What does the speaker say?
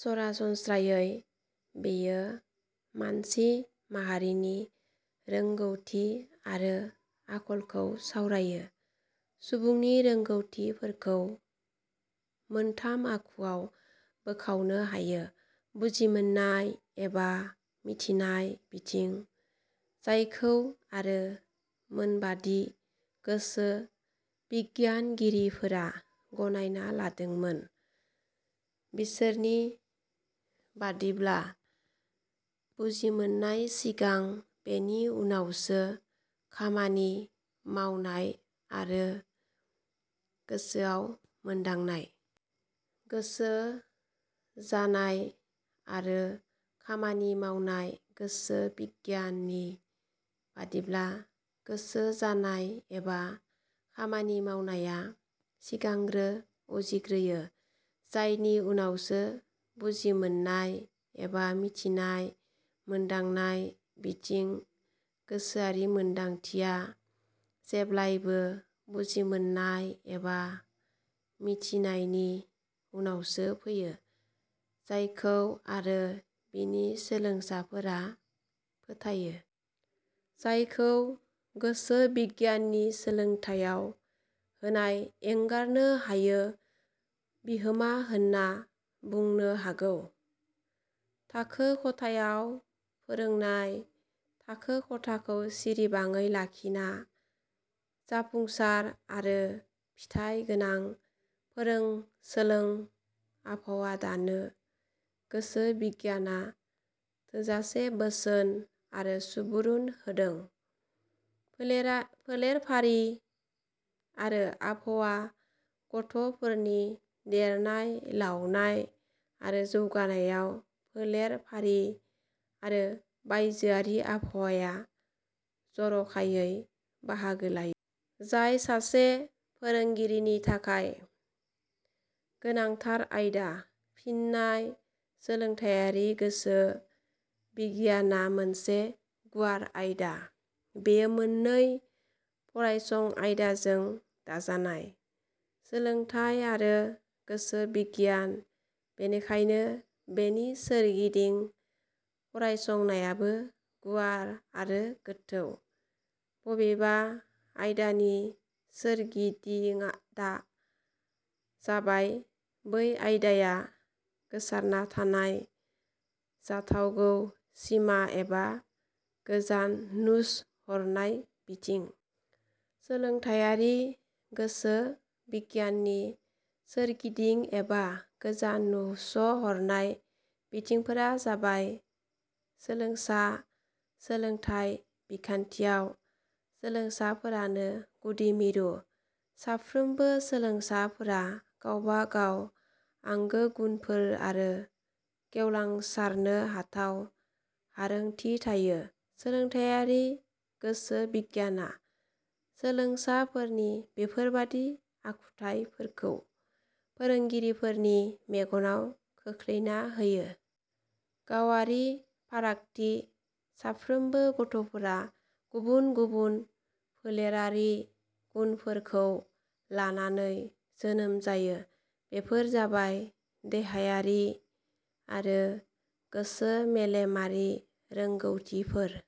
सरासनस्रायै बेयो मानसि माहारिनि रोंगौथि आरो आखलखौ सावरायो। सुबुंनि रोंगौथिफोरखौ मोनथाम आखुआव बोखावनो हायो। बुजिमोननाय एबा मिथिनाय बिथिं। जायखौ आरो मोनबादि गोसो बिगियानगिरिफोरा गनायना लादोंमोन। बिसोरनि बादिब्ला बुजिमोननाया सिगां बेनि उनावसो खामानि मावनाय आरो गोसोआव मोन्दांनाय। गोसो जानाय आरो खामानि मावनाय। गोसो बिगियान नि बादिब्ला गोसो जानाय एबा खामानि मावनाया सिगांग्रो उजिग्रोयो जायनि उनावसो बुजिमोन्नाय एबा मिथिनाय। मोन्दांनाय बिथिं। गोसोआरि मोन्दांथिया जेब्लायबो बुजिमोन्नाय एबा मिथिनायनि उनावसो फैयो। जायखौ आरो बिनि सोलोंसाफोरा फोथायो। जायखौ गोसो बिगियाननि सोलोंथाइयाव होनाय एंगारनो हायो बिहोमा होन्ना बुंनो हागौ। थाखो खथायाव फोरोंनाय: थाखो खथाखौ सिरिबाङै लाखिना जाफुंसार आरो फिथाय गोनां फोरों-सोलों आबहावा दानो गोसो बिगियाना थोजासे बोसोन आरो सुबुरुन होदों। फोलेरा फोलेरफारि आरो आबहावा: गथ 'फोरनि देरनाय लावनाय आरो जौगानायाव फोलेरफारि आरो बायजोआरि आबहावाया जर'खायै बाहागो लायो। जाय सासे फोरोंगिरिनि थाखाय गोनांथार आयदा। फिननाय: सोलोंथाइयारि गोसो बिगियाना मोनसे गुवार आयदा। बेयो मोन्नै फरायसं आयदाजों दाजानाय, सोलोंथाइ आरो गोसो बिगियान। बेनिखायनो बेनि सोरगिदिं फरायसंनायाबो गुवार आरो गोथौ। बबेबा आयदानि सोरगिदिङादा जाबाय बै आयदाया गोसारना थानाय जाथावगौ सिमा एबा गोजान नुस हरनाय बिथिं। सोलोंथाइयारि गोसो बिगियाननि सोरगिदिं एबा गोजान नुस'हरनाय बिथिंफोरा जाबाय – सोलोंसा सोलोंथाइ बिखान्थियाव सोलोंसाफोरानो गुदि मिरु। साफ्रोमबो सोलोंसाफोरा गावबा गाव आंगो गुनफोर आरो गेवलांसारनो हाथाव हारोंथि थायो। सोलोंथाइयारि गोसो बिगियाना सोलोंसाफोरनि बेफोरबादि आखुथाइफोरखौ फोरोंगिरिफोरनि मेगनाव खोख्लैना होयो। गावारि फारागाथि: साफ्रोमबो गथ'फोरा गुबुन गुबुन फोलेरारि गुनफोरखौ लानानै जोनोम जायो। बेफोर जाबाय देहायारि आरो गोसो-मेलेमारि रोंगौथिफोर।